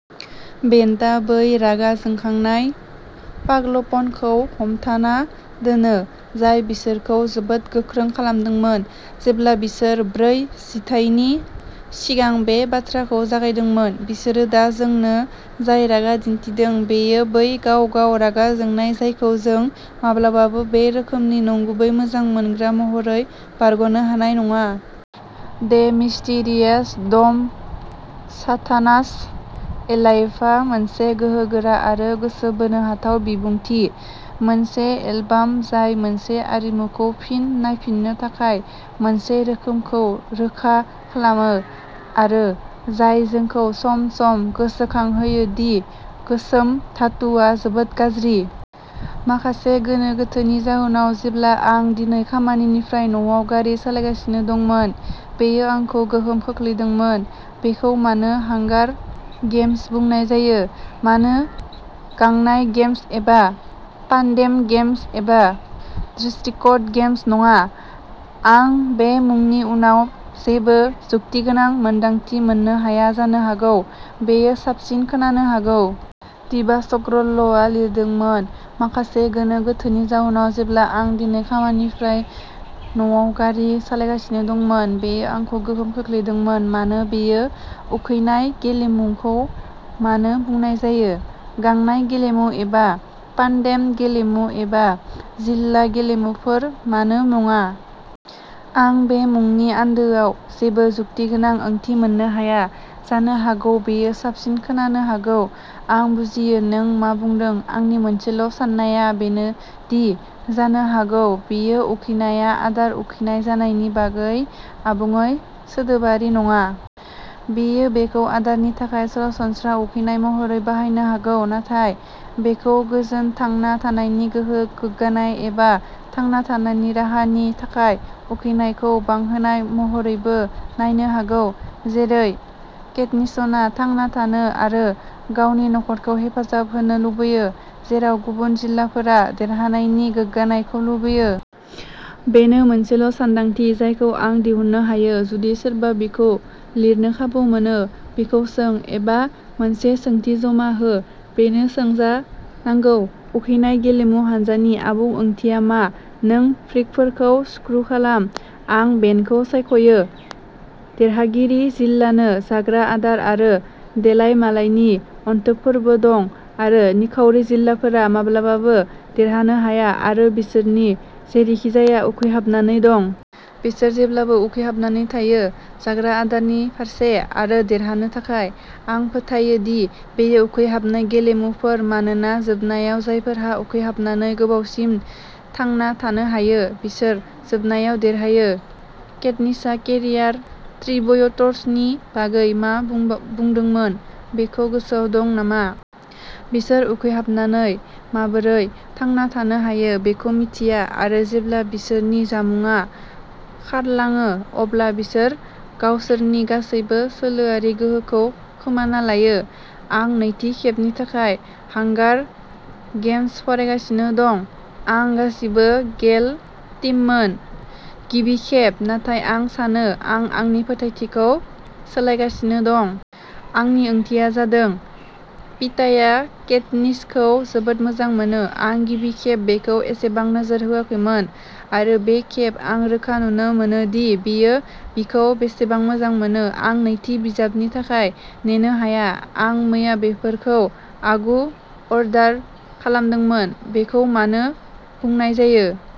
बेन्डआ बै रागा जोंखांनाय पाग्लपनखौ हमथाना दोनो, जाय बिसोरखौ जोबोद गोख्रों खालामदोंमोन जेब्ला बिसोरो ब्रै जिथायनि सिगां बे बाथ्राखौ जागायदोंमोन। बिसोरो दा जोंनो जाय रागा दिन्थिदों, बेयो बै गाव-गाव रागा जोंनाय जायखौ जों माब्लाबाबो बे रोखोमनि नंगुबै मोजां मोनग्रा महरै बारग'नो हानाय नङा। दे मिस्टेरियास डम साथानास एलाइभआ मोनसे गोहोगोरा आरो गोसो बोनो हाथाव बिबुंथि, मोनसे एलबाम जाय मोनसे आरिमुखौ फिन नायफिननो थाखाय जाय मोनसे रोखोमखौ रोखा खालामो आरो जाय जोंखौ सम-सम गोसोखांहोयो दि गोसोम धातुआ जोबोद गाज्रि। माखासे गोनो-गोथोनि जाहोनाव, जेब्ला आं दिनै खामानिनिफ्राय न'आव गारि सालायगासिनो दंमोन, बेयो आंखौ गोहोम खोख्लैदोंमोन बेखौ मानो हांगार गेम्स बुंनाय जायो? मानो गांनाय गेम्स एबा पान्डेम गेम्स एबा डिस्ट्रिकट गेम्स नङा। आं बे मुंनि उनाव जेबो जुक्तिगोनां मोनदांथि मोननो हाया, जानो हागौ बेयो साबसिन खोनानो हागौ। डिबासग्रल'आ लिरदोंमोन माखासे गोनो-गोथोनि जाहोनाव, जेब्ला आं दिनै खामानिनिफ्राय न'आव गारि सालायगासिनो दंमोन, बेयो आंखौ गोहोम खोख्लैदोंमोन मानो बेयो? उखैनाय गेलेमुखौ मानो बुंनाय जायो? गांनाय गेलेमु एबा पान्डेम गेलेमु एबा जिल्ला गेलेमुफोर मानो नङा? आं बे मुंनि आन्दोआव जेबो जुक्तिगोनां ओंथि मोननो हाया, जानो हागौ बेयो साबसिन खोनानो हागौ। आं बुजियो नों मा बुदों। आंनि मोनसेल' साननाया बेनोदि जानो हागौ बियो उखैनाया आदार उखैनाय जानायनि बागै आबुङै सोदोबारि नङा। बियो बेखौ आदारनि थाखाय सरासनस्रा उखैनाय महरै बाहायनो हागौ, नाथाय बेखौ गोजोन, थांना थानायनि, गोहो, गोग्गानाय, एबा थांना थानायनि राहा नि थाखाय उखैनायखौ बांहोनाय महरैबो नायनो हागौ। जेरै केटनिसनआ थांना थानो आरो गावनि नखरखौ हेफाजाब होनो लुबैयो, जेराव गुबुन जिल्लाफोरा देरहानायनि गोग्गानायखौ लुबैयो। बेनो मोनसेल' सानदांथि जायखौ आं दिहुननो हायो। जुदि सोरबा बिखौ लिरनो खाबु मोनो, बिखौ सों, एबा मोनसे सोंथि जमा हो बेनो सोंजानांगौ उखैनाय गेलेमु हानजानि आबुं ओंथिया मा नों फ्रिकफोरखौ स्क्रु खालाम आं बेनखौ सायख'यो देरहागिरि जिल्लानो जाग्रा आदार आरो देलाय मालायनि अनथोबफोरबो दं, आरो निखावरि जिल्लाफोरा माब्लाबाबो देरहानो हाया, आरो बिसोर जेरैखिजाया उखैहाबनानै दं। बिसोर जेब्लाबो उखैहाबनानै थायो जाग्रा आदारनि फारसे आरो देरहानो थाखाय। आं फोथायो दि बेयो उखैहाबनाय गेलेमुफोर मानोना जोबनायाव जायफोरा उखैहाबनानै गोबावसिन थांना थानो हायो बिसोरो जोबनायाव देरहायो। केटनिसआ केरियार ट्रिब्युट्सनि बागै मा बुंबाव बुंदोंमोन बेखौ गोसोआव दं नामा? बिसोर उखैहाबनानै माबोरै थांना थानो हायो बेखौ मिथिया। आरो जेब्ला बिसोरनि जामुंआ खारलाङो अब्ला बिसोरो गावसोरनि गासैबो सोलोआरि गोहोखौ खोमाना लायो। आं नैथि खेबनि थाखाय हांगार गेम्स फरायगासिनो दं। आं गासिबो गेल टीममोन, गिबि खेब, नाथाय आं सानो आं आंनि फोथायथिखौ सोलायगासिनो दं। आंनि ओंथिया जादों पीटाया केटनिसखौ जोबोद मोजां मोनो। आं गिबि खेब बेखौ एसेबां नोजोर होआखैमोन आरो बे खेब, आं रोखा नुनो मोनो दि बियो बिखौ बेसेबां मोजां मोनो। आं नैथि बिजाबनि थाखाय नेनो हाया। आं मैया बेफोरखौ आगु-अर्डार खालामदोंमोन। बेखौ मानो बुंनाय जायो?